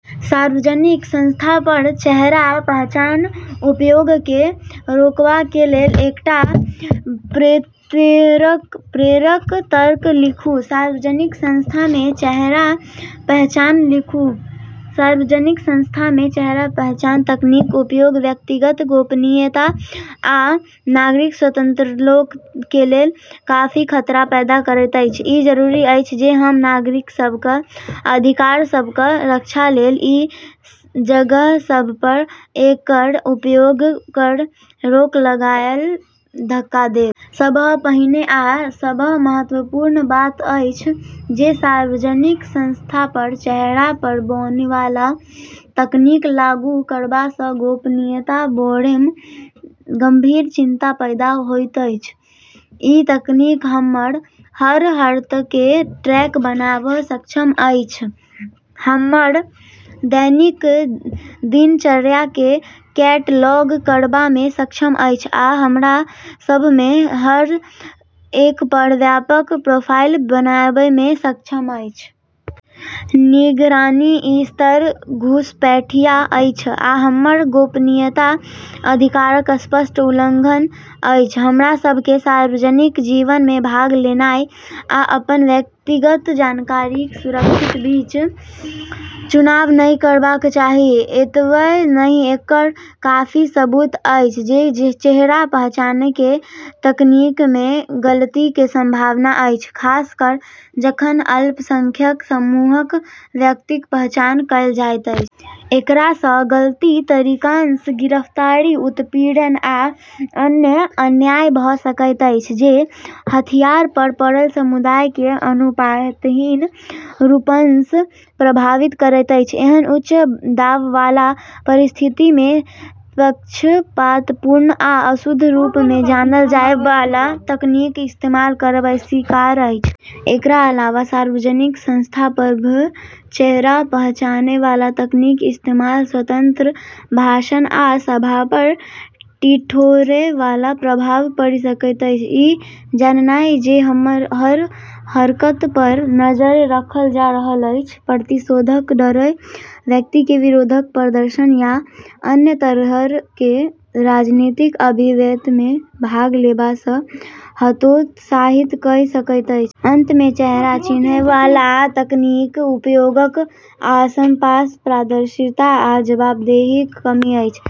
सार्वजनिक स्थानपर चेहरा पहचानक उपयोगकेँ रोकबाकलेल एकटा प्रेरक तर्क लिखू। सार्वजनिक स्थानसभमे चेहरा पहचान तकनीकक उपयोग व्यक्तिगत गोपनीयता आ नागरिक स्वतंत्रताकलेल काफी खतरा पैदा करैत अछि। ई जरूरी अछि जे हम नागरिकसभक अधिकारसभक रक्षालेल ई जगहसभपर एकर उपयोगपर रोक लगाएबाक धक्का देबै। सबसँ पहिल आ सबसँ महत्वपूर्ण बात ई अछि जे सार्वजनिक स्थानसभपर चेहरा पहचानैबाला तकनीककेँ लागू करबासँ गोपनीयताक बारेमे गंभीर चिंता पैदा होइत अछि। ई तकनीक हमर हर हरकतकेँ ट्रैक करबामे सक्षम अछि, हमर दैनिक दिनचर्याकेँ कैटलॉग करबामे सक्षम अछि, आ हमरासभमे सँ हर एकपर व्यापक प्रोफाइल बनाएबामे सक्षम अछि। निगरानीक ई स्तर घुसपैठिया अछि आ हमर गोपनीयताक अधिकारक स्पष्ट उल्लंघन अछि। हमरा सभकेँ सार्वजनिक जीवनमे भाग लेनाइ आ अपन व्यक्तिगत जानकारीक सुरक्षाक बीच चुनाव नहि करबाक चाही। एतबे नहि, एकर काफी सबूत अछि जे चेहरा पहचानैकेँ तकनीकमे गलतीक संभावना अछि, खास कऽ जखन अल्पसंख्यक समूहक व्यक्तिक पहचान कएल जाइत अछि। एकरासँ गलत तरीकासँ गिरफ्तारी, उत्पीड़न आ अन्य अन्याय भऽ सकैत अछि जे हाशियापर पड़ल समुदायकेँ अनुपातहीन रूपसँ प्रभावित करैत अछि। एहन उच्च दांवबाला परिस्थितिमे पक्षपातपूर्ण आ अशुद्ध रूपमे जानल जाएबाला तकनीकक इस्तेमाल करब अस्वीकार्य अछि। एकरा अलावा सार्वजनिक स्थानसभपर चेहरा पहचानैबाला तकनीकक इस्तेमालसँ स्वतंत्र भाषण आ सभापर ठिठुरैबाला प्रभाव पड़ि सकैत अछि। ई जाननाइ जे हमर हर हरकतपर नजरि रखल जा रहल अछि, प्रतिशोधक डरसँ व्यक्ति केँ विरोध प्रदर्शन या अन्य तरहक राजनीतिक अभिव्यक्तिमे भाग लेबासँ हतोत्साहित कइ सकैत अछि। अंतमे, चेहरा चिन्हयवला तकनीकक उपयोगक आसपास पारदर्शिता आ जवाबदेहीक कमी अछि।